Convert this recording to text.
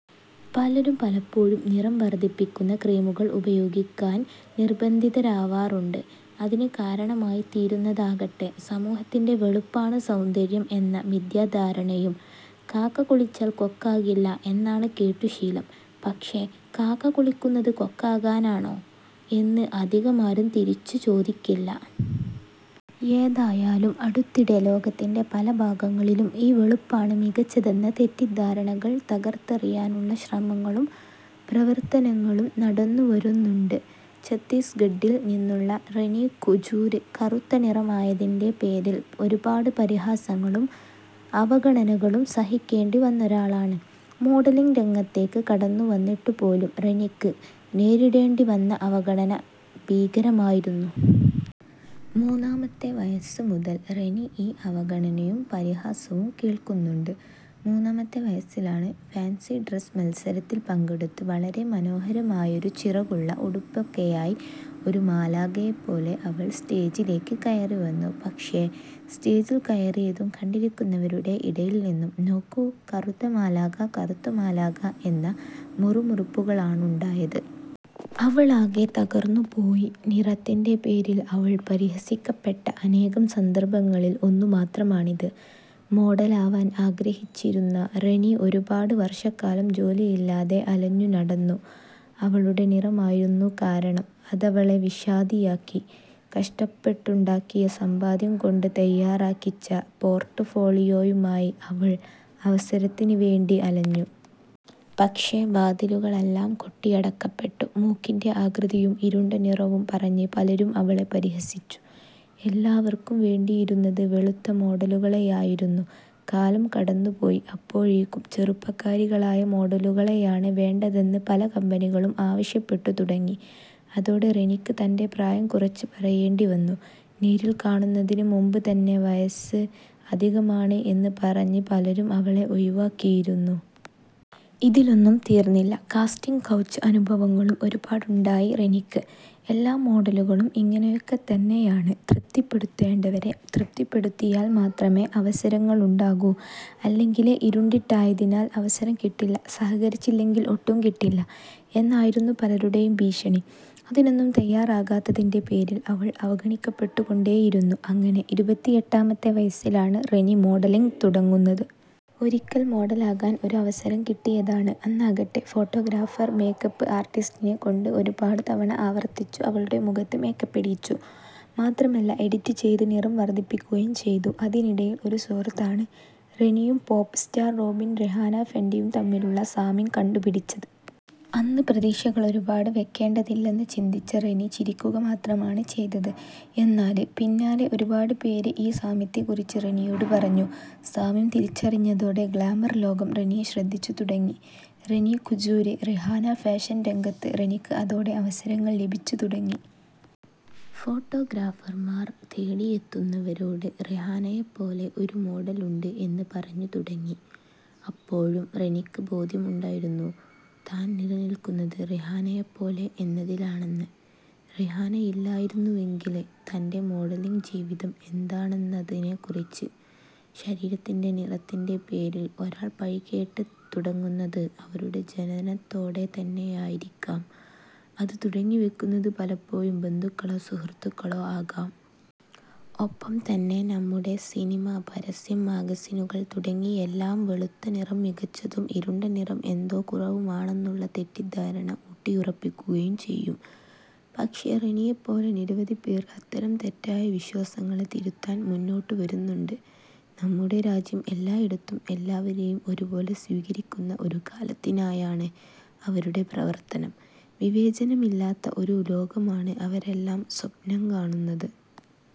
പലരും പലപ്പോഴും നിറം വർധിപ്പിക്കുന്ന ക്രീമുകൾ ഉപയോഗിക്കാൻ നിർബന്ധിതരാവാറുണ്ട്. അതിന് കാരണമായിത്തീരുന്നതാകട്ടെ സമൂഹത്തിന്റെ ' വെളുപ്പാണ് സൗന്ദര്യം ' എന്ന മിഥ്യാധാരണയും. ' കാക്ക കുളിച്ചാൽ കൊക്കാകില്ല ' എന്നാണ് കേട്ടു ശീലം. പക്ഷെ, ' കാക്ക കുളിക്കുന്നത് കൊക്കാകാനാണോ? ' എന്ന് അധികമാരും തിരിച്ച് ചോദിക്കില്ല. ഏതായാലും അടുത്തിടെ ലോകത്തിന്റെ പല ഭാഗങ്ങളിലും ഈ വെളുപ്പാണ് മികച്ചതെന്ന തെറ്റിദ്ധാരണകൾ തകർത്തെറിയാനുള്ള ശ്രമങ്ങളും പ്രവർത്തനങ്ങളും നടന്നു വരുന്നുണ്ട്. ഛത്തീസ്ഗഢിൽ നിന്നുള്ള റെനീ കുജൂര് കറുത്ത നിറമായതിന്റെ പേരിൽ ഒരുപാട് പരിഹാസങ്ങളും അവഗണനകളും സഹിക്കേണ്ടി വന്നൊരാളാണ്. മോഡലിംഗ് രംഗത്തേക്ക് കടന്നു വന്നിട്ടുപോലും റെനിക്ക് നേരിടേണ്ടി വന്ന അവഗണന ഭീകരമായിരുന്നു. മൂന്നാമത്തെ വയസ്സ് മുതൽ റെനി ഈ അവഗണനയും പരിഹാസവും കേൾക്കുന്നുണ്ട്. മൂന്നാമത്തെ വയസ്സിലാണ്, ഫാൻസി ഡ്രസ് മത്സരത്തിൽ പങ്കെടുത്ത് വളരെ മനോഹരമായൊരു ചിറകുള്ള ഉടുപ്പൊക്കെയായി ഒരു മാലാഖയെപ്പോലെ അവൾ സ്റ്റേജിലേക്ക് കയറിവന്നു പക്ഷെ, സ്റ്റേജിൽ കയറിയതും കണ്ടിരിക്കുന്നവരുടെ ഇടയിൽ നിന്നും ' നോക്കൂ, കറുത്ത മാലാഖ, കറുത്ത മാലാഖ ' എന്ന മുറുമുറുപ്പുകളാണുണ്ടായത്. അവളാകെ തകർന്നു പോയി. നിറത്തിന്റെ പേരിൽ അവൾ പരിഹസിക്കപ്പെട്ട അനേകം സന്ദർഭങ്ങളിൽ ഒന്നു മാത്രമാണിത്. മോഡലാവാൻ ആഗ്രഹിച്ചിരുന്ന റെനി ഒരുപാട് വർഷക്കാലം ജോലിയില്ലാതെ അലഞ്ഞു നടന്നു. അവളുടെ നിറമായിരുന്നു കാരണം. അതവളെ വിഷാദിയാക്കി. കഷ്ടപ്പെട്ടുണ്ടാക്കിയ സമ്പാദ്യം കൊണ്ട് തയ്യാറാക്കിച്ച പോർട്ട് ഫോളിയോയുമായ് അവൾ അവസരത്തിന് വേണ്ടി അലഞ്ഞു. പക്ഷെ, വാതിലുകളെല്ലാം കൊട്ടിയടക്കപ്പെട്ടു. മൂക്കിന്റെ ആകൃതിയും ഇരുണ്ട നിറവും പറഞ്ഞ് പലരും അവളെ പരിഹസിച്ചു. എല്ലാവർക്കും വേണ്ടിയിരുന്നത് വെളുത്ത മോഡലുകളെയായിരുന്നു. കാലം കടന്നുപോയി. അപ്പോഴേക്കും ചെറുപ്പക്കാരികളായ മോഡലുകളെയാണ് വേണ്ടതെന്ന് പല കമ്പനികളും ആവശ്യപ്പെട്ടു തുടങ്ങി. അതോടെ റെനിക്ക് തന്റെ പ്രായം കുറച്ച് പറയേണ്ടി വന്നു. നേരിൽ കാണുന്നതിന് മുമ്പ് തന്നെ വയസ്സ് അധികമാണ് എന്ന് പറഞ്ഞ് പലരും അവളെ ഒഴിവാക്കിയിരുന്നു. ഇതിലൊന്നും തീർന്നില്ല, കാസ്റ്റിങ് കൗച്ച് അനുഭവങ്ങളും ഒരുപാടുണ്ടായി റെനിക്ക്. ' എല്ലാ മോഡലുകളും ഇങ്ങനെയൊക്കെത്തന്നെയാണ്. തൃപ്തിപ്പെടുത്തേണ്ടവരെ തൃപ്തിപ്പെടുത്തിയാൽ മാത്രമേ അവസരങ്ങളുണ്ടാകൂ. അല്ലെങ്കിലേ ഇരുണ്ടിട്ടായതിനാൽ അവസരം കിട്ടില്ല. സഹകരിച്ചില്ലെങ്കിൽ ഒട്ടും കിട്ടില്ല ' എന്നായിരുന്നു പലരുടേയും ഭീഷണി. അതിനൊന്നും തയ്യാറാകാത്തതിന്റെ പേരിൽ അവൾ അവഗണിക്കപ്പെട്ടുകൊണ്ടേയിരുന്നു. അങ്ങനെ ഇരുപത്തിയെട്ടാമത്തെ വയസ്സിലാണ് റെനി മോഡലിംഗ് തുടങ്ങുന്നത്. ഒരിക്കൽ മോഡലാകാൻ ഒരു അവസരം കിട്ടിയതാണ്. അന്നാകട്ടെ ഫോട്ടോഗ്രാഫർ മേക്കപ്പ് ആർട്ടിസ്റ്റിനെ കൊണ്ട് ഒരുപാട് തവണ ആവർത്തിച്ചു അവളുടെ മുഖത്ത് മേക്കപ്പിടീച്ചു. മാത്രമല്ല, എഡിറ്റ് ചെയ്ത് നിറം വർധിപ്പിക്കുകയും ചെയ്തു. അതിനിടയിൽ ഒരു സുഹൃത്താണ് റെനിയും പോപ് സ്റ്റാർ റോബിൻ റിഹാന ഫെന്റിയും തമ്മിലുള്ള സാമ്യം കണ്ടു പിടിച്ചത്. അന്ന് പ്രതീക്ഷകളൊരുപാട് വെക്കേണ്ടതില്ലെന്ന് ചിന്തിച്ച റെനി ചിരിക്കുക മാത്രമാണ് ചെയ്തത്. എന്നാല്, പിന്നാലെ ഒരുപാട് പേര് ഈ സാമ്യത്തെ കുറിച്ച് റെനിയോട് പറഞ്ഞു. സാമ്യം തിരിച്ചറിഞ്ഞതോടെ ഗ്ലാമർ ലോകം റെനിയെ ശ്രദ്ധിച്ചു തുടങ്ങി. റെനീ കുജൂര്, റിഹാന ഫാഷൻ രംഗത്ത് റെനിക്ക് അതോടെ അവസരങ്ങൾ ലഭിച്ചു തുടങ്ങി. ഫോട്ടോഗ്രാഫർമാർ തേടിയെത്തുന്നവരോട് റിഹാനയെപ്പോലെ ഒരു മോഡലുണ്ട് എന്ന് പറഞ്ഞു തുടങ്ങി. അപ്പോഴും റെനിക്ക് ബോധ്യമുണ്ടായിരുന്നു താൻ നിലനിൽക്കുന്നത് റിഹാനയെപ്പോലെ എന്നതിലാണെന്ന്. റിഹാനയില്ലായിരുന്നുവെങ്കില് തന്റെ മോഡലിംഗ് ജീവിതം എന്താണെന്നതിനെ കുറിച്ച്. ശരീരത്തിന്റെ, നിറത്തിന്റെ പേരിൽ ഒരാൾ പഴികേട്ട് തുടങ്ങുന്നത് അവരുടെ ജനനത്തോടെ തന്നെയായിരിക്കാം. അത് തുടങ്ങിവെക്കുന്നത് പലപ്പോഴും ബന്ധുക്കളോ, സുഹൃത്തുക്കളോ ആകാം. ഒപ്പം തന്നെ നമ്മുടെ സിനിമ, പരസ്യം, മാഗസിനുകൾ തുടങ്ങി എല്ലാം വെളുത്ത നിറം മികച്ചതും ഇരുണ്ട നിറം എന്തോ കുറവുമാണെന്നുള്ള തെറ്റിദ്ധാരണ ഊട്ടിയുറപ്പിക്കുകയും ചെയ്യും. പക്ഷെ, റെനിയെപ്പോലെ നിരവധിപ്പേർ അത്തരം തെറ്റായ വിശ്വാസങ്ങളെ തിരുത്താൻ മുന്നോട്ട് വരുന്നുണ്ട്. നമ്മുടെ രാജ്യം എല്ലായിടത്തും എല്ലാവരേയും ഒരുപോലെ സ്വീകരിക്കുന്ന ഒരു കാലത്തിനായാണ് അവരുടെ പ്രവർത്തനം. വിവേചനമില്ലാത്ത ഒരു ലോകമാണ് അവരെല്ലാം സ്വപ്നം കാണുന്നത്.